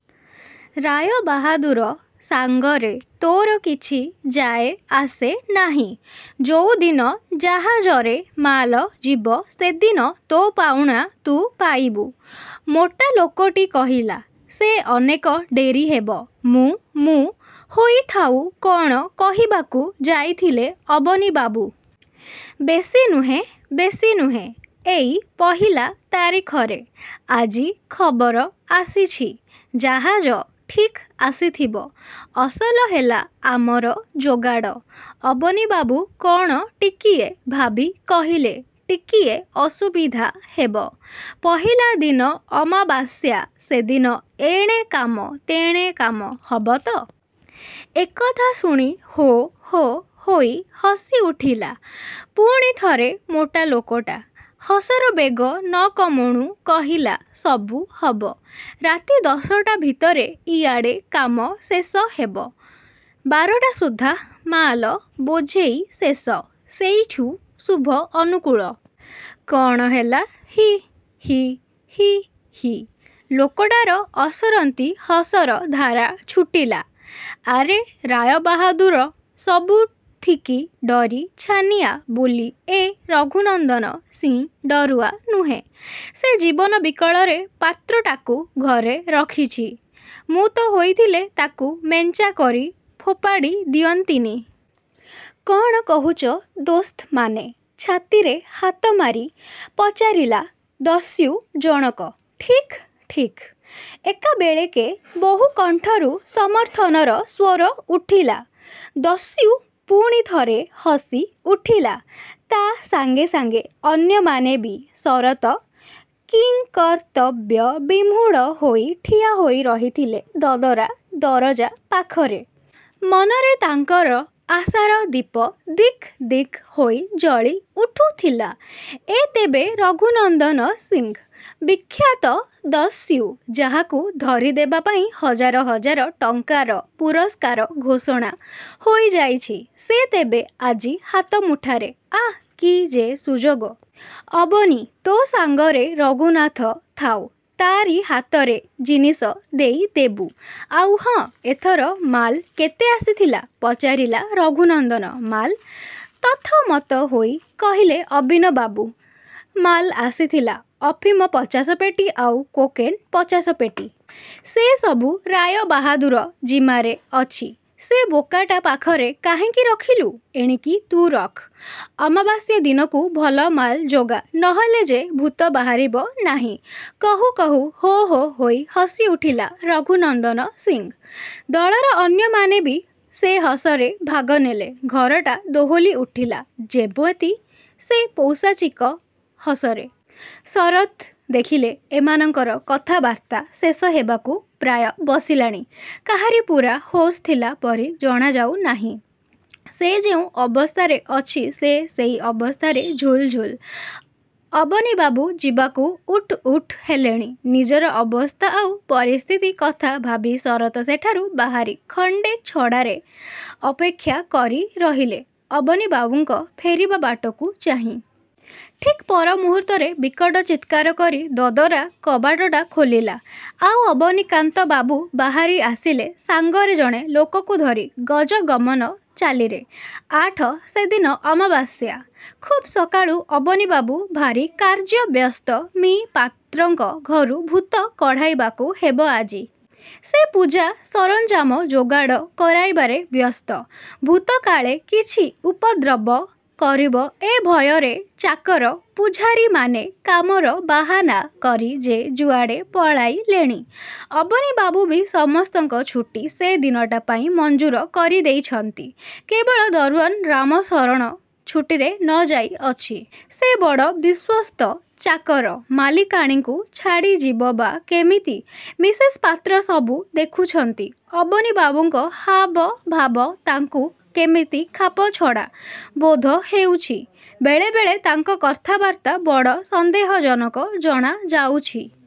ରାୟବାହାଦୂର ସାଙ୍ଗରେ ତୋର କିଛି ଯାଏ ଆସେ ନାହିଁ। ଯୋଉ ଦିନ ଜାହାଜରେ ମାଲ ଯିବ, ସେ ଦିନ ତୋ ପାଉଣା ତୁ ପାଇବୁ। '' ମୋଟା ଲୋକଟି କହିଲା। ''ସେ ଅନେକ ଡେରି ହେବ ''। ମୁଁ-ମୁଁ ହୋଇ ଥାଉ କ'ଣ କହିବାକୁ ଯାଇଥିଲେ ଅବନୀବାବୁ। ''ବେଶୀ ନୁହେଁ, ବେଶୀ ନୁହେଁ; ଏଇ ପହିଲା ତାରିଖରେ। ଆଜି ଖବର ଆସିଛି। ଜାହାଜ ଠିକ୍ ଆସିଥିବ। ଅସଲ ହେଲା ଆମର ଯୋଗାଡ଼। '' ଅବନୀବାବୁ କ'ଣ ଟିକିଏ ଭାବି କହିଲେ-''ଟିକିଏ ଅସୁବିଧା ହେବ। ପହିଲା ଦିନ ଅମାବାସ୍ୟା। ସେ ଦିନ ଏଣେ କାମ, ତେଣେ କାମ; ହବ ତ? '' ଏ କଥା ଶୁଣି ହୋ' ହୋ' ହୋଇ ହସି ଉଠିଲା ପୁଣିଥରେ ମୋଟା ଲୋକଟା। ହସର ବେଗ ନ କମୁଣୁ କହିଲା-''ସବୁ ହବ। ରାତି ଦଶଟା ଭିତରେ ଇଆଡ଼େ କାମ ଶେଷ ହେବ; ବାରଟା ସୁଦ୍ଧା ମାଲ ବୋଝେଇ ଶେଷ। ସେଇଠୁ ଶୁଭ ଅନୁକୂଳ। କ'ଣ, ହେଲା? '' ହିଃ ହିଃ ହିଃ ହିଃ। ଲୋକଟାର ଅସରନ୍ତି ହସର ଧାରା ଛୁଟିଲା। ''ଆରେ ରାୟ ବାହାଦୂର ସବୁଥିକି ଡରି ଛାନିଆଁ ବୋଲି ଏ ରଘୁନନ୍ଦନ ସିଂ ଡରୁଆ ନୁହେଁ। ସେ ଜୀବନ ବିକଳରେ ପାତ୍ରଟାକୁ ଘରେ ରଖିଛି, ମୁଁ ତ ହୋଇଥିଲେ ତାକୁ ମେଞ୍ଚାକରି ଫୋପାଡ଼ି ଦିଅନ୍ତିନି। କ'ଣ କହୁଛ ଦୋସ୍ତମାନେ? '' ଛାତିରେ ହାତମାରି ପଚାରିଲା ଦସ୍ୟୁ ଜଣକ। ''ଠିକ୍, ଠିକ୍! '' ଏକାବେଳେକେ ବହୁ କଣ୍ଠରୁ ସମର୍ଥନର ସ୍ୱର ଉଠିଲା। ଦସ୍ୟୁ ପୁଣିଥରେ ହସି ଉଠିଲା। ତା' ସାଙ୍ଗେ ସାଙ୍ଗେ ଅନ୍ୟମାନେ ବି। ଶରତ୍ କିଂକର୍ତ୍ତବ୍ୟବିମୂଢ଼ ହୋଇ ଠିଆ ହୋଇ ରହିଥିଲେ ଦଦରା ଦରଜା ପାଖରେ। ମନରେ ତାଙ୍କର ଆଶାର ଦୀପ ଦିକ୍ ଦିକ୍ ହୋଇ ଜଳି ଉଠୁଥିଲା। ''ଏ ତେବେ ରଘୁନନ୍ଦନ ସିଂ! ବିଖ୍ୟାତ ଦସ୍ୟୁ? ଯାହାକୁ ଧରିଦେବା ପାଇଁ ହଜାର୍ ହଜାର୍ ଟଙ୍କାର ପୁରସ୍କାର ଘୋଷଣା ହୋଇଯାଇଛି; ସେ ତେବେ ଆଜି ହାତ ମୁଠାରେ? ଆଃ! କି ଯେ ସୁଯୋଗ। '' ''ଅବନୀ! ତୋ ସାଙ୍ଗରେ ରଘୁନାଥ ଥାଉ। ତା'ରି ହାତରେ ଜିନିଷ ଦେଇଦେବୁ। ଆଉ ହଁ; ଏଥର ମାଲ କେତେ ଆସିଥିଲା? '' ପଚାରିଲା ରଘୁନନ୍ଦନ। ''ମାଲ୍? '' ଥତମତ ହୋଇ କହିଲେ ଅବନୀବାବୁ।। ମାଲ ଆସିଥିଲା-ଅଫିମ ପଚାଶ ପେଟି ଆଉ କୋକେନ୍ ପଚାଶ ପେଟି। ସେ ସବୁ ରାୟବାହାଦୂର ଜିମାରେ ଅଛି। '' ''ସେ ବୋକାଟା ପାଖରେ କାହିଁକି ରଖିଲୁ? ଏଣିକି ତୁ ରଖ। ଅମାବାସ୍ୟାଦିନକୁ ଭଲ ମାଲ ଯୋଗା; ନହେଲେ ଯେ ଭୂତ ବାହାରିବ ନାହିଁ। '' କହୁ କହୁ ହୋ-ହୋ ହୋଇ ହସି ଉଠିଲା ରଘୁନନ୍ଦନ ସିଂ। ଦଳର ଅନ୍ୟମାନେ ବି ସେ ହସରେ ଭାଗ ନେଲେ, ଘରଟା ଦୋହଲି ଉଠିଲା ଯେମିତି ସେ ପୈଶାଚିକ ହସରେ। ଶରତ୍ ଦେଖିଲେ, ଏମାନଙ୍କର କଥାବାର୍ତ୍ତା ଶେଷ ହେବାକୁ ପ୍ରାୟ ବସିଲାଣି। କାହାରି ପୂରା ହୋସ୍ ଥିଲା ପରି ଜଣାଯାଉ ନାହିଁ। ସେ ଯେଉଁ ଅବସ୍ଥାରେ ଅଛି, ସେ ସେଇ ଅବସ୍ଥାରେ ଝୁଲ୍ ଝୁଲ୍। ଅବନୀବାବୁ ଯିବାକୁ ଉଠ୍ ଉଠ୍ ହେଲେଣି। ନିଜର ଅବସ୍ଥା ଆଉ ପରିସ୍ଥିତି କଥା ଭାବି ଶରତ୍ ସେଠାରୁ ବାହାରି ଖଣ୍ଡେ ଛଡ଼ାରେ ଅପେକ୍ଷା କରି ରହିଲେ, ଅବନୀବାବୁଙ୍କ ଫେରିବା ବାଟକୁ ଚାହିଁ। ଠିକ୍ ପର ମୁହୂର୍ତ୍ତରେ ବିକଟ ଚିତ୍କାର କରି ଦଦରା କବାଟଟା ଖୋଲିଲା, ଆଉ ଅବନୀକାନ୍ତ ବାବୁ ବାହାରି ଆସିଲେ ସାଙ୍ଗରେ ଜଣେ ଲୋକକୁ ଧରି ଗଜଗମନ ଚାଲିରେ। -ଆଠ- ସେ ଦିନ ଅମାବାସ୍ୟା। ଖୁବ୍ ସକାଳୁ ଅବନୀବାବୁ ଭାରି କାର୍ଯ୍ୟବ୍ୟସ୍ତ। ମି: ପାତ୍ରଙ୍କ ଘରୁ ଭୂତ କଢ଼ାଇବାକୁ ହେବ ଆଜି। ସେ ପୂଜା ସରଞ୍ଜାମ ଯୋଗାଡ଼ କରାଇବାରେ ବ୍ୟସ୍ତ। ଭୂତ କାଳେ କିଛି ଉପଦ୍ରବ କରିବ-ଏ ଭୟରେ ଚାକର, ପୁଝାରୀମାନେ କାମର ବାହାନା କରି ଯେ ଯୁଆଡ଼େ ପଳାଇଲେଣି। ଅବନୀବାବୁ ବି ସମସ୍ତଙ୍କ ଛୁଟି ସେ ଦିନଟା ପାଇଁ ମଞ୍ଜୁର କରି ଦେଇଛନ୍ତି। କେବଳ ଦରଓ୍ୱାନ୍ ରାମଶରଣ ଛୁଟିରେ ନ ଯାଇ ଅଛି। ସେ ବଡ଼ ବିଶ୍ୱସ୍ତ ଚାକର। ମାଲିକାଣୀଙ୍କୁ ଛାଡ଼ି ଯିବ ବା କେମିତି? ମିସେସ୍ ପାତ୍ର ସବୁ ଦେଖୁଛନ୍ତି। ଅବନୀବାବୁଙ୍କ ହାବ ଭାବ ତାଙ୍କୁ କେମିତି ଖାପଛଡ଼ା ବୋଧ ହେଉଛି। ବେଳେ ବେଳେ ତାଙ୍କ କଥାବାର୍ତ୍ତା ବଡ଼ ସନ୍ଦେହଜନକ ଜଣା ଯାଉଛି।